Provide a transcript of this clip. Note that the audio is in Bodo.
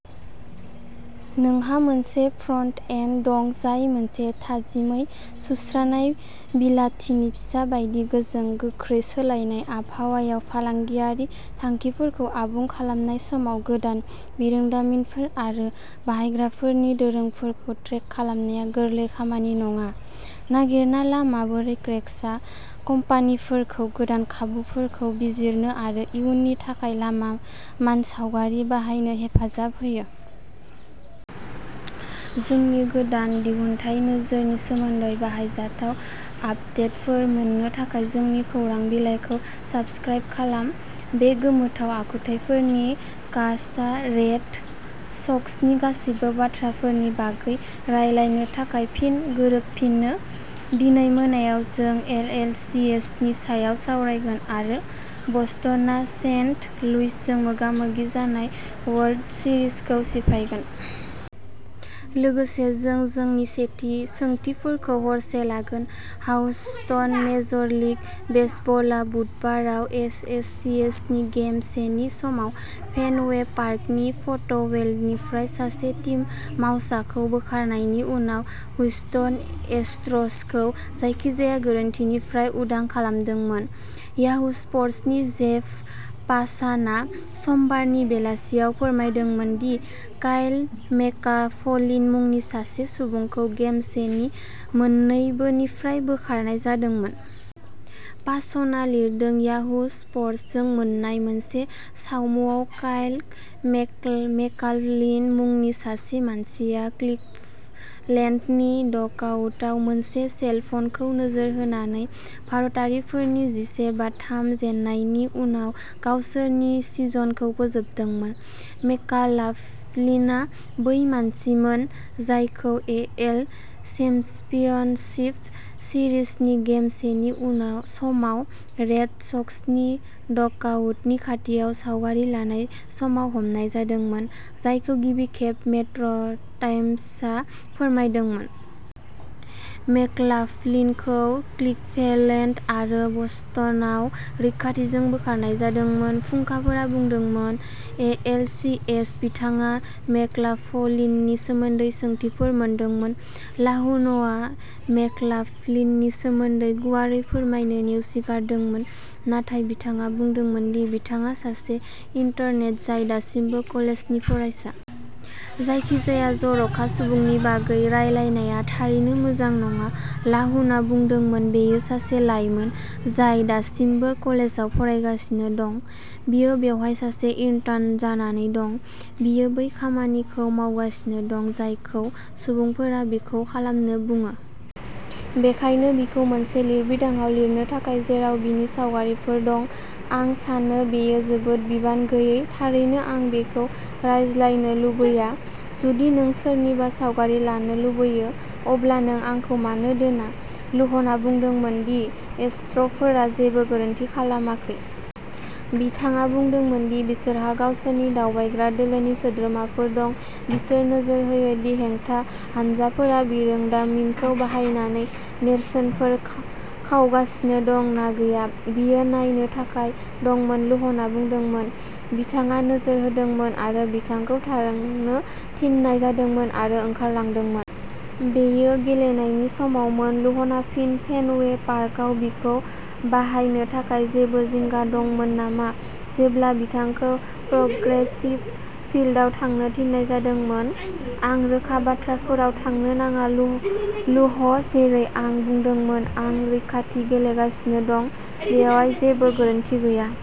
नोंहा मोनसे फ्रन्ट एन्ड दं जाय मोनसे थाजिमै सुस्रानाय बिलाथिनि फिसा बायदि गोजों। गोख्रै सोलायनाय आबहावायाव फालांगियारि थांखिफोरखौ आबुं खालामनाय समाव गोदान बिरोंदामिनफोर आरो बाहायग्राफोरनि दोरोंफोरखौ ट्रेक खालामनाया गोरलै खामानि नङा। नागिरना ला माबोरै क्रेक्सआ कम्पानिफोरखौ गोदान खाबुफोरखौ बिजिरनो आरो इयुननि थाखाय लामा मानसावगारि बानायनो हेफाजाब होयो। जोंनि गोदान दिहुनथाइ नोजोरनि सोमोन्दै बाहायजाथाव आपदेटफोर मोन्नो थाखाय जोंनि खौरां बिलाइखौ साबस्क्राइब खालाम। बे गोमोथाव आखुथाइफोरनि कास्टआ रेड सक्सनि गासैबो बाथ्राफोरनि बागै रायज्लायनो थाखाय फिन गोरोबफिनो। दिनै मोनायाव जों एएलसीएसनि सायाव सावरायगोन आरो बस्टनआ सेन्ट लुइसजों मोगा मोगि जानाय वर्ल्ड सिरिजखौ सिफायगोन। लोगोसे जों नोंनि सोंथिफोरखौ हरसे लागोन हाउस्टन मेजर लीग बेसबलआ बुधबाराव एएलसीएसनि गेम से नि समाव फेनवे पार्कनि फट'वेलनिफ्राय सासे टीम मावसाखौ बोखारनायनि उनाव हुस्टन एस्ट्र'सखौ जायखिजाया गोरोन्थिनिफ्राय उदां खालामदोंमोन। याहू स्पर्टसनि जेफ पासानआ समबारनि बेलासियाव फोरमायदोंमोन दि काइल मेकलाफलिन मुंनि सासे सुबुंखौ गेम से नि मोन्नैबोनिफ्राय बोखारनाय जादोंमोन। पासानआ लिरदों याहू स्प'र्ट्सजों मोन्नाय मोनसे सावमुआव काइल मेकलाफलिन मुंनि सासे मानसिया क्लिभलेन्डनि डगआउटआव मोनसे सेल फनखौ नोजोर होनानै भारतारिफोरनि जिसे/थाम जेननायनि समाव गावसोरनि सिजनखौ फोजोबदोंमोन। मेकलाफलिनआ बै मानसिमोन जायखौ एएल चेम्पियनशिप सिरिजनि गेम से नि समाव रेड सक्सनि डगआउटनि खाथियाव सावगारि लानाय समाव हमनाय जादोंमोन, जायखौ गिबि खेब मेट्र'टाइम्सआ फोरमायदोंमोन। मेकलाफलिनखौ क्लिभलेन्ड आरो बस्टनआव रैखाथिजों बोखारनाय जादोंमोन फुंखाफोरा बुंदोंमोन। ए. एल. सी. एस. बिथाङा मेकलाफलिननि सोमोन्दै सोंथिफोर मोनदोंमोन। लाहन'आ मेकलाफलिननि सोमोन्दै गुवारै फोरमायनो नेवसिगारदोंमोन नाथाय बिथाङा बुंदोंमोन दि बिथाङा सासे इन्टार्न जाय दासिमबो कलेजनि फरायसा। "जायखिजाया जर'खा सुबुंनि बागै रायलायनाया थारैनो मोजां नङा", लाहुन'आ बुंदोंमोन। "बेयो सासे लाइमोन जाय दासिमबो कलेजाव फरायगासिनो दं। बियो बेवहाय सासे इन्टार्न जानानै दं। बियो बै खामानिखौ मावगासिनो दं जायखौ सुबुंफोरा बिखौ खालामनो बुङो। बेनिखायनो बिखौ मोनसे लिरबिदांआव लिरनो थाखाय जेराव बिनि सावगारिफोर दं, आं सानो बेयो जोबोद बिबान गैयै। थारैनो, आं बेखौ रायज्लायनो लुबैया। जुदि नों सोरनिबा सावगारि लानो लुबैयो, अब्ला नों आंखौ मानो दोना। लुह्न'आ बुंदोंमोन दि एस्ट्र'फोरा जेबो गोरोन्थि खालामाखै। बिथाङा बुंदोंमोन दि बिसोरहा गावसोरनि दावबायग्रा दोलोनि सोद्रोमाफोर दं, बिसोर नोजोर होयो दि हेंथा हानजाफोरा बिरोंदामिनखौ बाहायनानै नेरसोनफोर खावगासिनो दं ना गैया। बियो नायनो थाखाय दंमोन लुह्न'आ बुंदोंमोन। बिथाङा नोजोर होदोंमोन आरो बिथांखौ थांनो थिननाय जादोंमोन आरो ओंखारलांदोंमोन। बेयो गेलेनायनि समावमोन लुह्न'आ फिन फेनवे पार्कआव बिखौ बाहायनो थाखाय जेबो जिंगा दंमोन नामा, जेब्ला बिथांखौ प्रग्रेसिव फील्डआव थांनो थिननाय जादोंमोन? आं रोखा बाथ्राफोराव थांनो नाङा लुह्न'। जेरै आं बुंदोंमोन जों रैखाथि गेलेगासिनो दं बेयाव जेबो गोरोन्थि गैया।